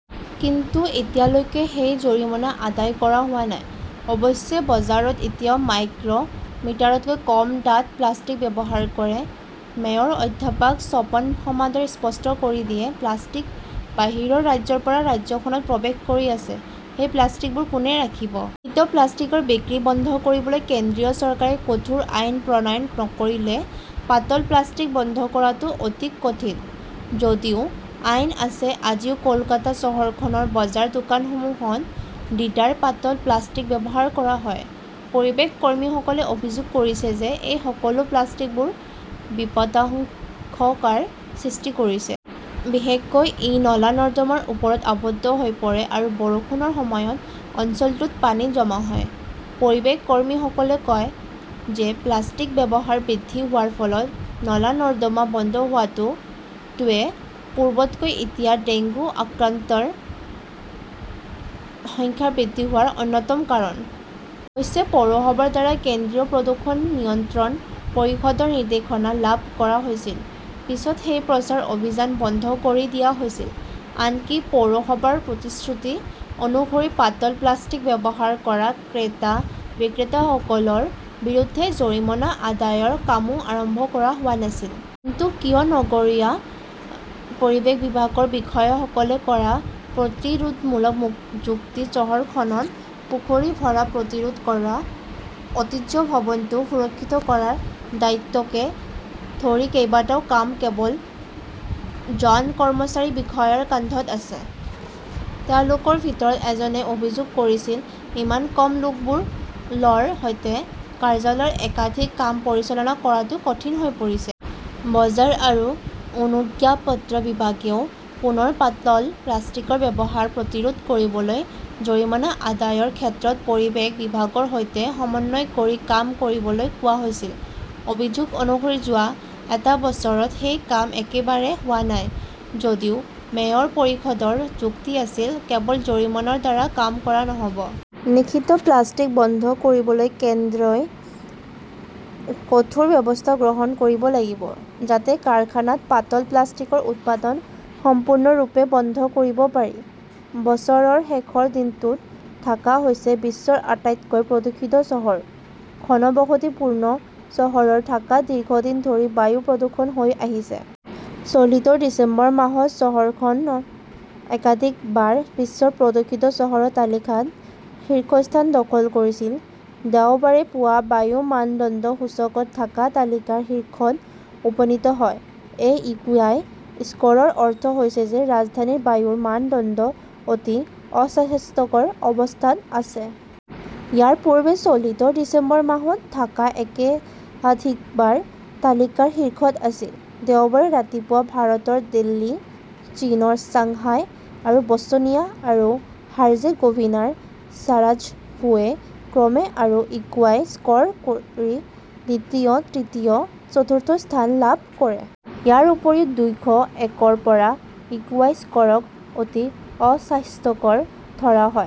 কিন্তু এতিয়ালৈকে সেই জৰিমনা আদায় কৰা হোৱা নাই। অৱশ্যে, বজাৰত এতিয়াও মাইক্ৰ মিটাৰতকৈ কম ডাঠ প্লাষ্টিক ব্যৱহাৰ কৰে, মেয়ৰ অধ্যাপক স্বপন সমাদৰে স্পষ্ট কৰি দিয়ে,"প্লাষ্টিক বাহিৰৰ ৰাজ্যৰ পৰা ৰাজ্যখনত প্ৰৱেশ কৰি আছে। সেই প্লাষ্টিকবোৰ কোনে ৰাখিব? নিষিদ্ধ প্লাষ্টিকৰ বিক্ৰী বন্ধ কৰিবলৈ কেন্দ্ৰীয় চৰকাৰে কঠোৰ আইন প্ৰণয়ন নকৰিলে পাতল প্লাষ্টিক বন্ধ কৰাটো অতি কঠিন। যদিও আইন আছে, আজিও কলকাতা চহৰখনৰ বজাৰ-দোকানসমূহত ডিডাৰ পাতল প্লাষ্টিক ব্যৱহাৰ কৰা হয়। পৰিৱেশ কৰ্মীসকলে অভিযোগ কৰিছে যে এই সকলো প্লাষ্টিকবোৰে বিপদাশংকাৰ সৃষ্টি কৰিছে। বিশেষকৈ, ই নলা-নৰ্দমাৰ ওপৰত আবদ্ধ হৈ পৰে আৰু বৰষুণৰ সময়ত অঞ্চলটোত পানী জমা হয়। পৰিৱেশ কৰ্মীসকলে কয় যে প্লাষ্টিকৰ ব্যৱহাৰ বৃদ্ধি হোৱাৰ ফলত নলা-নৰ্দমা বন্ধ হোৱাটোৱে পূৰ্বতকৈ এতিয়া ডেংগু আক্ৰান্তৰ সংখ্যা বৃদ্ধি হোৱাৰ অন্যতম কাৰণ। অৱশ্যে, পৌৰসভাৰ দ্বাৰা কেন্দ্ৰীয় প্ৰদূষণ নিয়ন্ত্ৰণ পৰিষদৰ নিৰ্দেশনা লাভ কৰা হৈছিল। পিছত সেই প্ৰচাৰ অভিযান বন্ধ কৰি দিয়া হৈছিল। আনকি পৌৰসভাৰ প্ৰতিশ্ৰুতি অনুসৰি পাতল প্লাষ্টিক ব্যৱহাৰ কৰা ক্ৰেতা-বিক্ৰেতাসকলৰ বিৰুদ্ধে জৰিমনা আদায়ৰ কামো আৰম্ভ কৰা হোৱা নাছিল। কিন্তু কিয়? নগৰীয়া পৰিৱেশ বিভাগৰ বিষয়াসকলে কৰা প্ৰতিৰোধমূলক যুক্তি, চহৰখনত পুখুৰী ভৰা প্ৰতিৰোধ কৰা, ঐতিহ্য ভৱনটো সুৰক্ষিত কৰাৰ দায়িত্বকে ধৰি কেইবাটাও কাম কেৱল জন কৰ্মচাৰী-বিষয়াৰ কান্ধত আছে। তেওঁলোকৰ ভিতৰত এজনে অভিযোগ কৰিছিল, "ইমান কম লোকবলৰ সৈতে কাৰ্যালয়ৰ একাধিক কাম পৰিচালনা কৰাটো কঠিন হৈ পৰিছে।" বজাৰ আৰু অনুজ্ঞাপত্ৰ বিভাগেও পুনৰ পাতল প্লাষ্টিকৰ ব্যৱহাৰ প্ৰতিৰোধ কৰিবলৈ জৰিমনা আদায়ৰ ক্ষেত্ৰত পৰিৱেশ বিভাগৰ সৈতে সমন্বয় কৰি কাম কৰিবলৈ কোৱা হৈছিল। অভিযোগ অনুসৰি যোৱা এটা বছৰত সেই কাম একেবাৰে হোৱা নাই। যদিও মেয়ৰ পৰিষদৰ যুক্তি আছিল, "কেৱল জৰিমনাৰ দ্বাৰা কাম কৰা নহ'ব। নিষিদ্ধ প্লাষ্টিক বন্ধ কৰিবলৈ কেন্দ্ৰই কঠোৰ ব্যৱস্থা গ্ৰহণ কৰিব লাগিব। যাতে কাৰখানাত পাতল প্লাষ্টিকৰ উৎপাদন সম্পূৰ্ণৰূপে বন্ধ কৰিব পাৰি। "। বছৰৰ শেষৰ দিনটোত ঢাকা হৈছে বিশ্বৰ আটাইতকৈ প্ৰদূষিত চহৰ। ঘনবসতিপূৰ্ণ চহৰ ঢাকাত দীৰ্ঘদিন ধৰি বায়ু প্ৰদূষণ হৈ আহিছে। চলিত ডিচেম্বৰ মাহত চহৰখন একাধিকবাৰ বিশ্বৰ প্ৰদূষিত চহৰৰ তালিকাত শীৰ্ষস্থান দখল কৰিছিল। দেওবাৰে পুৱা বায়ু মানদণ্ড সূচকত ঢাকা তালিকাৰ শীৰ্ষত উপনীত হয়। এই একিউআই স্ক'ৰৰ অৰ্থ হৈছে যে ৰাজধানীৰ বায়ুৰ মানদণ্ড অতি অস্বাস্থ্যকৰ অৱস্থাত আছে। ইয়াৰ পূৰ্বে চলিত ডিচেম্বৰ মাহত ঢাকা একাধিকবাৰ তালিকাৰ শীৰ্ষত আছিল। দেওবাৰে ৰাতিপুৱা ভাৰতৰ দিল্লী, চীনৰ চাংহাই আৰু ব'শ্বনিয়া আৰু হাৰ্জেগোভিনাৰ ছাৰাজেভোৱে ক্ৰমে আৰু একিউআই স্ক'ৰ কৰি দ্বিতীয়, তৃতীয় আৰু চতুৰ্থ স্থান লাভ কৰে। ইয়াৰ উপৰিও, দুইশ‌ একৰ পৰা একিউআই স্ক'ৰক অতি অস্বাস্থ্যকৰ ধৰা হয়।